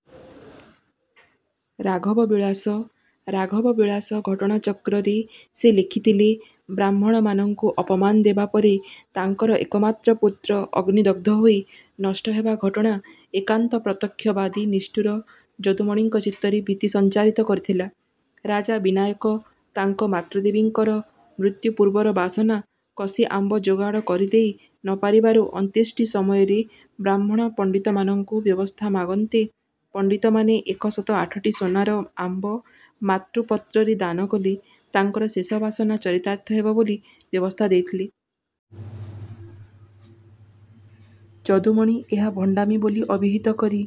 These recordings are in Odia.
" ରାଘବ ବିଳାସ ରାଘବ ବିଳାସ ଘଟଣାଚକ୍ରରେ ସେ ଲେଖିଥିଲେ। ବ୍ରାହ୍ମଣମାନଙ୍କୁ ଅପମାନ ଦେବା ପରେ ତାଙ୍କର ଏକମାତ୍ର ପୁତ୍ର ଅଗ୍ନିଦଗ୍ଧ ହୋଇ ନଷ୍ଟହେବା ଘଟଣା ଏକାନ୍ତ ପ୍ରତ୍ୟକ୍ଷବାଦୀ ନିଷ୍ଠୁର ଯଦୁମଣିଙ୍କ ଚିତ୍ତରେ ଭୀତି ସଂଚାରିତ କରିଥିଲା। ରାଜା ବିନାୟକ ତାଙ୍କ ମାତୃଦେବୀଙ୍କର ମୃତ୍ୟୁପୂର୍ବର ବାସନା କଷିଆମ୍ବ ଯୋଗାଡ଼ କରିଦେଇ ନ ପାରିବାରୁ ଅନ୍ତ୍ୟେଷ୍ଟି ସମୟରେ ବ୍ରାହ୍ମଣ ପଣ୍ଡିତମାନଙ୍କୁ ବ୍ୟବସ୍ଥା ମାଗନ୍ତେ ପଣ୍ଡିତ ମାନେ ଏକଶତ ଆଠଟି ସୁନାର ଆମ୍ବ ମାତୃପତ୍ରରେ ଦାନକଲେ ତାଙ୍କର ଶେଷ ବାସନା ଚରିତାର୍ଥ ହେବ ବୋଲି ବ୍ୟବସ୍ଥା ଦେଇଥିଲେ। ଯଦୁମଣି ଏହା ଭଣ୍ଡାମି ବୋଲି ଅଭିହିତ କରି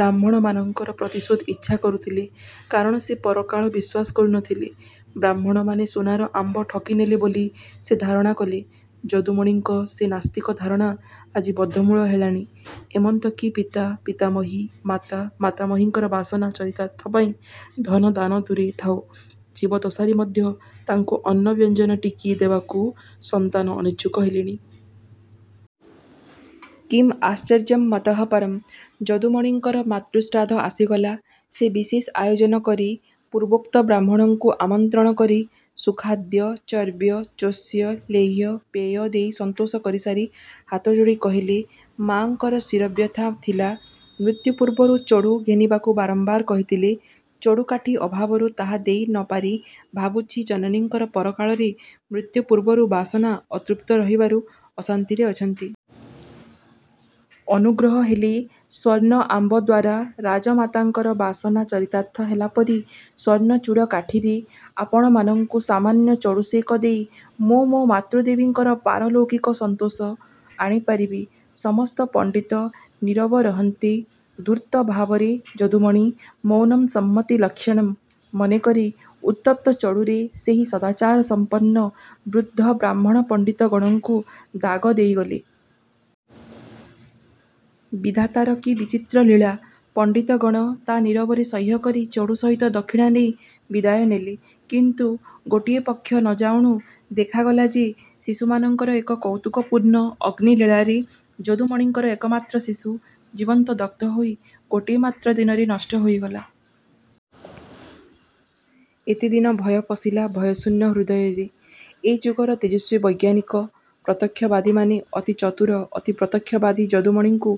ବ୍ରାହ୍ମଣମାନଙ୍କର ପ୍ରତିଶୋଧ ଇଚ୍ଛା କରୁଥିଲେ। କାରଣ ସେ ପରକାଳ ବିଶ୍ୱାସ କରୁ ନ ଥିଲେ। ବ୍ରାହ୍ମଣମାନେ ସୁନାର ଆମ୍ବ ଠକିନେଲେ ବୋଲି ସେ ଧାରଣା କଲେ। ଯଦୁମଣିଙ୍କ ସେ ନାସ୍ତିକ ଧାରଣା ଆଜି ବଦ୍ଧମୂଳ ହେଲାଣି। ଏମନ୍ତ କି ପିତା, ପିତାମହୀ, ମାତା, ମାତାମହୀଙ୍କର ବାସନା ଚରିତାର୍ଥ ପାଇଁ ଧନ ଦାନ ଦୂରେ ଥାଉ ଜୀବଦ୍ଦଶାରେ ମଧ୍ୟ ତାଙ୍କୁ ଅନ୍ନବ୍ୟଞ୍ଜନ ଟିକିଏ ଦେବାକୁ ସନ୍ତାନ ଅନିଚ୍ଛୁକ ହେଲେଣି। କିମାଶ୍ଚର୍ଯ୍ୟମତଃ ପରଂ। ଯଦୁମଣିଙ୍କର ମାତୃଶ୍ରାଦ୍ଧ ଆସିଗଲା। ସେ ବିଶେଷ ଆୟୋଜନ କରି ପୂର୍ବୋକ୍ତ ବ୍ରାହ୍ମଣଙ୍କୁ ଆମନ୍ତ୍ରଣ କରି ସୁଖାଦ୍ୟ ଚର୍ବ୍ୟ, ଚୋଷ୍ୟ, ଲେହ୍ୟ, ପେୟ ଦେଇ ସନ୍ତୋଷ କରିସାରି ହାତଯୋଡ଼ି କହିଲେ,- ''ମାଆଙ୍କର ଶିରବ୍ୟଥା ଥିଲା। ମୃତ୍ୟୁ ପୂର୍ବରୁ ଚଡ଼ୁ ଘେନିବାକୁ ବାରମ୍ବାର କହିଥିଲେ। ଚଡ଼ୁକାଠି ଅଭାବରୁ ତାହା ଦେଇ ନପାରି ଭାବୁଛି ଜନନୀଙ୍କର ପରକାଳରେ ମୃତ୍ୟୁପୂର୍ବରୁ ବାସନା ଅତୃପ୍ତ ରହିବାରୁ ଅଶାନ୍ତିରେ ଅଛନ୍ତି। ଅନୁଗ୍ରହ ହେଲେ ସ୍ୱର୍ଣ୍ଣ ଆମ୍ବଦ୍ୱାରା ରାଜମାତାଙ୍କର ବାସନା ଚରିତାର୍ଥ ହେଲା ପରି ସ୍ୱର୍ଣ୍ଣଚୂଡ଼ କାଠିରେ ଆପଣମାନଙ୍କୁ ସାମାନ୍ୟ ଚଡ଼ୁସେକ ଦେଇ ମୁଁ ମୋ ମାତୃଦେବୀଙ୍କର ପାରଲୌକିକ ସନ୍ତୋଷ ଆଣିପାରିବି। " ସମସ୍ତ ପଣ୍ଡିତ ନୀରବ ରହନ୍ତେ, ଧୂର୍ତ୍ତ ଭାବରେ ଯଦୁମଣି ମୌନଂ ସମ୍ମତି ଲକ୍ଷଣଂ ମନେକରି ଉତ୍ତପ୍ତ ଚଡ଼ୁରେ ସେହି ସଦାଚାରସଂପନ୍ନ ବୃଦ୍ଧ ବ୍ରାହ୍ମଣ ପଣ୍ଡିତ ଗଣଙ୍କୁ ଦାଗ ଦେଇଗଲେ-। ବିଧାତାର କି ବିଚିତ୍ର ଲୀଳା! ପଣ୍ଡିତଗଣ ତା ନୀରବରେ ସହ୍ୟକରି ଚଡ଼ୁ ସହିତ ଦକ୍ଷିଣା ନେଇ ବିଦାୟ ନେଲେ। କିନ୍ତୁ ଗୋଟିଏ ପକ୍ଷ ନଯାଉଣୁ ଦେଖାଗଲା ଯେ ଶିଶୁମାନଙ୍କର ଏକ କୌତୁକପୂର୍ଣ୍ଣ ଅଗ୍ନିଲୀଳାରେ ଯଦୁମଣିଙ୍କର ଏକମାତ୍ର ଶିଶୁ ଜୀବନ୍ତ ଦଗ୍ଧ ହୋଇ ଗୋଟିଏ ମାତ୍ର ଦିନରେ ନଷ୍ଟ ହୋଇଗଲା। ଏତେଦିନେ ଭୟ ପଶିଲା ଭୟଶୂନ୍ୟ ହୃଦୟରେ। ଏ ଯୁଗର ତେଜସ୍ୱୀ ବୈଜ୍ଞାନିକ ପ୍ରତ୍ୟକ୍ଷବାଦୀମାନେ ଅତି ଚତୁର, ଅତି ପ୍ରତ୍ୟକ୍ଷବାଦୀ ଯଦୁମଣିଙ୍କୁ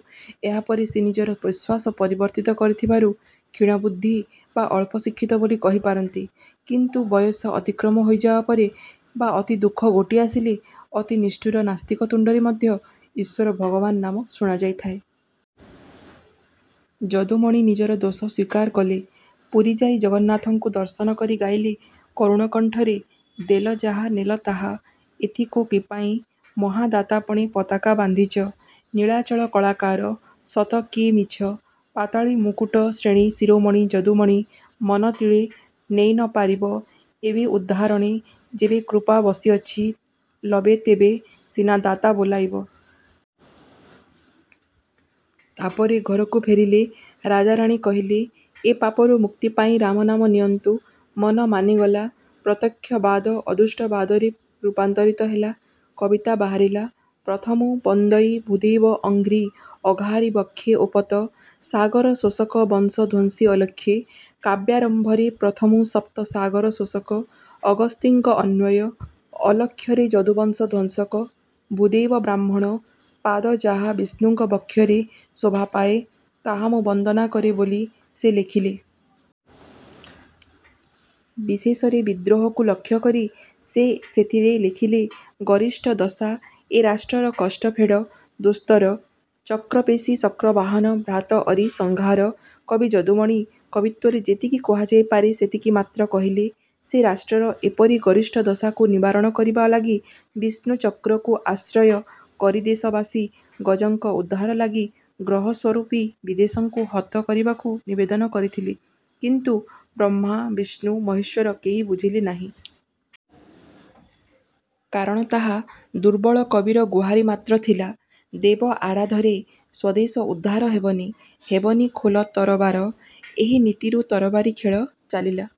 ଏହାପରେ ସେ ନିଜର ବିଶ୍ୱାସ ପରିବର୍ତ୍ତିତ କରିଥିବାରୁ କ୍ଷୀଣ ବୁଦ୍ଧି ବା ଅଳ୍ପଶିକ୍ଷିତ ବୋଲି କହିପାରନ୍ତି। କିନ୍ତୁ ବୟସ ଅତିକ୍ରମ ହୋଇଯିବା ପରେ ବା ଅତି ଦୁଃଖ ଘୋଟିଆସିଲେ ଅତି ନିଷ୍ଠୁର ନାସ୍ତିକ ତୁଣ୍ଡରେ ମଧ୍ୟ ଈଶ୍ୱର ଭଗବାନ ନାମ ଶୁଣାଯାଇଥାଏ। ଯଦୁମଣି ନିଜର ଦୋଷ ସ୍ୱୀକାର କଲେ। ପୁରୀ ଯାଇ ଜଗନ୍ନାଥଙ୍କୁ ଦର୍ଶନ କରି ଗାଇଲେ କରୁଣ କଣ୍ଠରେ- ଦେଲ ଯାହା ନେଲ ତାହା, ଏଥିକୁ କିପାଇଁ ମହା ଦାତାପଣେ ପତାକା ବାନ୍ଧିଛ? ନୀଳାଚଳ କଳାକାର, ସତ କି ଏ ମିଛ? ପାତଳୀ ମୁକୁଟ ଶ୍ରେଣୀଶିରୋମଣୀ ଯଦୁମଣି ମନ ତିଳେ ନେଇ ନ ପାରିବ ଏବେ ଉଦ୍ଧାରଣେ ଯେବେକୃପା ବସିଅଛି ଲବେ ତେବେ ସିନା ଦାତା ବୋଲାଇବ। ତାପରେ ଘରକୁ ଫେରିଲେ। ରାଜାରାଣୀ କହିଲେ, ଏ ପାପରୁ ମୁକ୍ତି ପାଇଁ ରାମ ନାମ ନିଅନ୍ତୁ। ମନ ମାନିଗଲା। ପ୍ରତ୍ୟକ୍ଷବାଦ ଅଦୃଷ୍ଟବାଦରେ ରୂପାନ୍ତରିତ ହେଲା। କବିତା ବାହାରିଲା- ପ୍ରଥମୁଁ ବନ୍ଦଇ ଭୂଦେବ ଅଂଘ୍ରି ଅଘାରି ବକ୍ଷେ ଓପତ ସାଗର ଶୋଷକ ବଂଶ ଧ୍ୱଂସି ଅଲକ୍ଷେ। କାବ୍ୟାରମ୍ଭରେ ପ୍ରଥମୁଁ ସପ୍ତସାଗର ଶୋଷକ ଅଗସ୍ତିଙ୍କ ଅନ୍ୱୟ, ଅଲକ୍ଷରେ ଯଦୁବଂଶଧ୍ୱଂସକ ଭୂଦେବବ୍ରାହ୍ମଣ ପାଦ ଯାହା ବିଷ୍ଣୁଙ୍କ ବକ୍ଷରେ ଶୋଭାପାଏ, ତାହା ମୁଁ ବନ୍ଦନା କରେ ବୋଲି ସେ ଲେଖିଲେ। ବିଶେଷରେ ବିଦ୍ରୋହକୁ ଲକ୍ଷ୍ୟକରି ସେ ସେଥିରେ ଲେଖିଲେ- ଗରିଷ୍ଠ ଦଶା ଏ ରାଷ୍ଟ୍ର ର କଷ୍ଟ ଫେଡ଼ ଦୁସ୍ତର, ଚକ୍ରପେଷି ଶକ୍ରବାହନ ଭ୍ରାତ ଅରି ସଂହାର। କବି ଯଦୁମଣି କବିତ୍ୱରେ ଯେତିକି କୁହାଯାଇପାରେ ସେତିକି ମାତ୍ର କହିଲେ। ସେ ରାଷ୍ଟ୍ରର ଏପରି ଗରିଷ୍ଠ ଦଶାକୁ ନିବାରଣ କରିବା ଲାଗି ବିଷ୍ଣୁଚକ୍ରକୁ ଆଶ୍ରୟ କରିଦେଶବାସୀ ଗଜଙ୍କ ଉଦ୍ଧାର ଲାଗି ଗ୍ରହସ୍ୱରୂପୀ ବିଦେଶୀଙ୍କୁ ହତ କରିବାକୁ ନିବେଦନ କରିଥିଲେ, କିନ୍ତୁ ବ୍ରହ୍ମା, ବିଷ୍ଣୁ, ମହେଶ୍ୱର କେହି ବୁଝିଲେ ନାହିଁ। କାରଣ ତାହା ଦୁର୍ବଳ କବିର ଗୁହାରି ମାତ୍ର ଥିଲା। ଦେବ ଆରାଧରେ ସ୍ୱଦେଶ ଉଦ୍ଧାର ହେବନି ହେବନି ଖୋଲ ତରବାର। ଏହି ନୀତିରୁ ତରବାରୀ ଖେଳ ଚାଲିଲା।